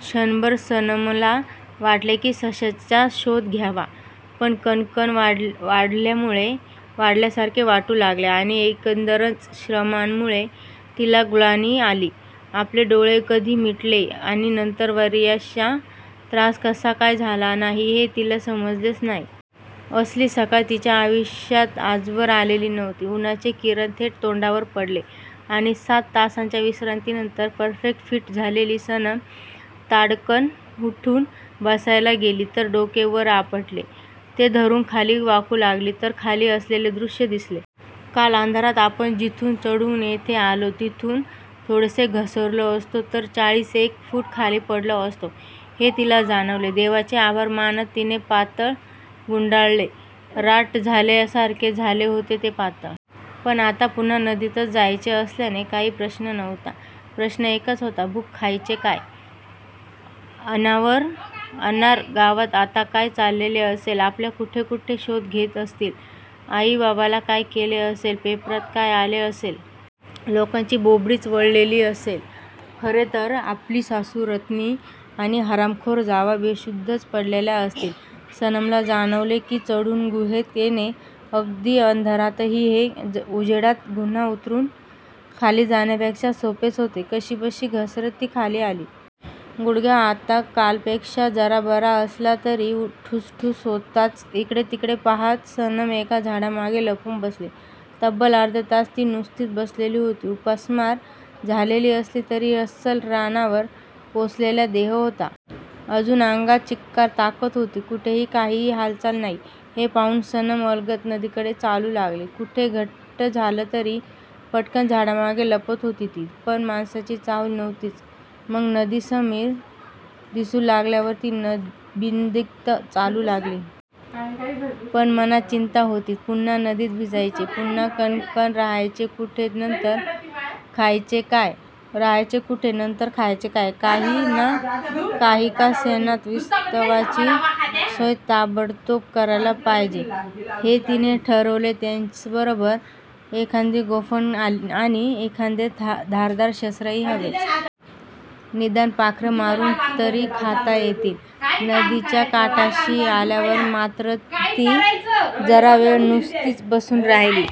क्षणभर सनमला वाटले की सश्याचा शोध घ्यावा. पण कणकण वाढल्यासारखे वाटू लागले आणि एकंदरच श्रमांमुळे तिला ग्लानी आली. आपले डोळे कधी मिटले आणि नंतर वार्याचा त्रास कसा काय झाला नाही हे तिला समजलेच नाही. असली सकाळ तिच्या आयुष्यात आजवर आलेली नव्हती. उन्हाचे किरण थेट तोंडावर पडले आणि सात तासांच्या विश्रांतीनंतर परफेक्ट फिट झालेली सनम ताडकन उठून बसायला गेली तर डोके वर आपटले. ते धरून खाली वाकू लागली तर खाली असलेले दृष्य दिसले. काल अंधारात आपण जिथून चढून येथे आलो तिथून थोडेसे घसरलो असतो तर चाळीस एक फूट खाली पडलो असतो हे तिला जाणवले. देवाचे आभार मानत तिने पातळ गुंडाळले. राठ झाल्यासारखे झाले होते ते पातळ! पण आता पुन्हा नदीतच जायचे असल्याने काही प्रश्न नव्हता. प्रश्न एकच होता. भूक! खायचे काय? अनार गावात आता काय चाललेले असेल? आपला कुठेकुठे शोध घेत असतील? आई बाबाला काय केले असेल? पेपरात काय आले असेल? लोकांची बोबडीच वळलेली असेल खरे तर. आपली सासू रत्नी आणि हरामखोर जावा बेशुद्धच पडलेल्या असतील. सनमला जाणवले की चढून गुहेत येणे, अगदी अंधारातही, हे उजेडात गुहा उतरून खाली जाण्यापेक्षा सोपेच होते. कशीबशी घसरत ती खाली आली. गुडघा आता कालपेक्षा जरा बरा असला तरी ठुसठुसत होताच. इकडे तिकडे पाहात सनम एका झाडामागे लपून बसली. तब्बल अर्धा तास ती नुसतीच बसलेली होती. उपासमार झालेली असली तरी अस्सल रानावर पोसलेला देह होता. अजून अंगात चिक्कार ताकद होती. कुठेही काहीही हालचाल नाही हे पाहून सनम अलगद नदीकडे चालू लागली. कुठे खुट्ट झालं तरी पटकन झाडांमागे लपत होती ती, पण माणसाची चाहुल नव्हतीच. मग नदी समिर दिसू लागल्यावर ती बिनदिक्कत चालू लागली. पण मनात चिंता होतीच. पुन्हा नदीत भिजायचे, पुन्हा कणकण! राहायचे कुठे नंतर? खायचे काय? काही का सेनात, विस्तवाची सोय ताबडतोब करायला पाहिजे हे तिने ठरवले. त्याचबरोबर एखादी गोफण आणि एखादे धारदार शस्त्रही हवेच. निदान पाखरं मारून तरी खाता येतील. नदीच्या काठाशी आल्यावर मात्र ती जरा वेळ नुसतीच बसून राहिली.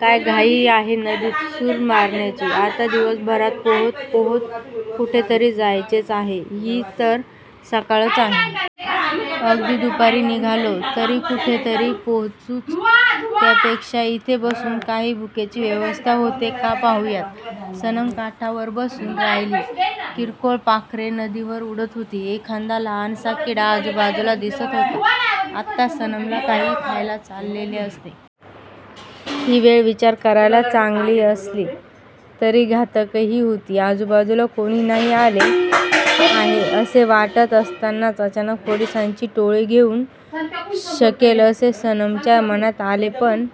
काय घाई आहे नदीत सूर मारण्याची? आता दिवसभरात पोहत पोहत कुठेतरी जायचेच आहे. ही तर सकाळच आहे. अगदी दुपारी निघालो तरी कुठेतरी पोहोचूच. त्यापेक्षा इथे बसून काही भुकेची व्यवस्था होते का पाहूयात. सनम काठावर बसून राहिली. किरकोळ पाखरे नदीवर उडत होती. एखादा लहानसा किडा आजूबाजूला दिसत होता. आत्ता सनमला काहीही खायला चालले असते. ही वेळ विचार करायला चांगली असली तरी घातकही होती. आजूबाजूला कोणी नाही आहे असे वाटत असतानाच अचानक पोलिसांची टोळी येऊही शकेल असे सनमच्या मनात आले. पण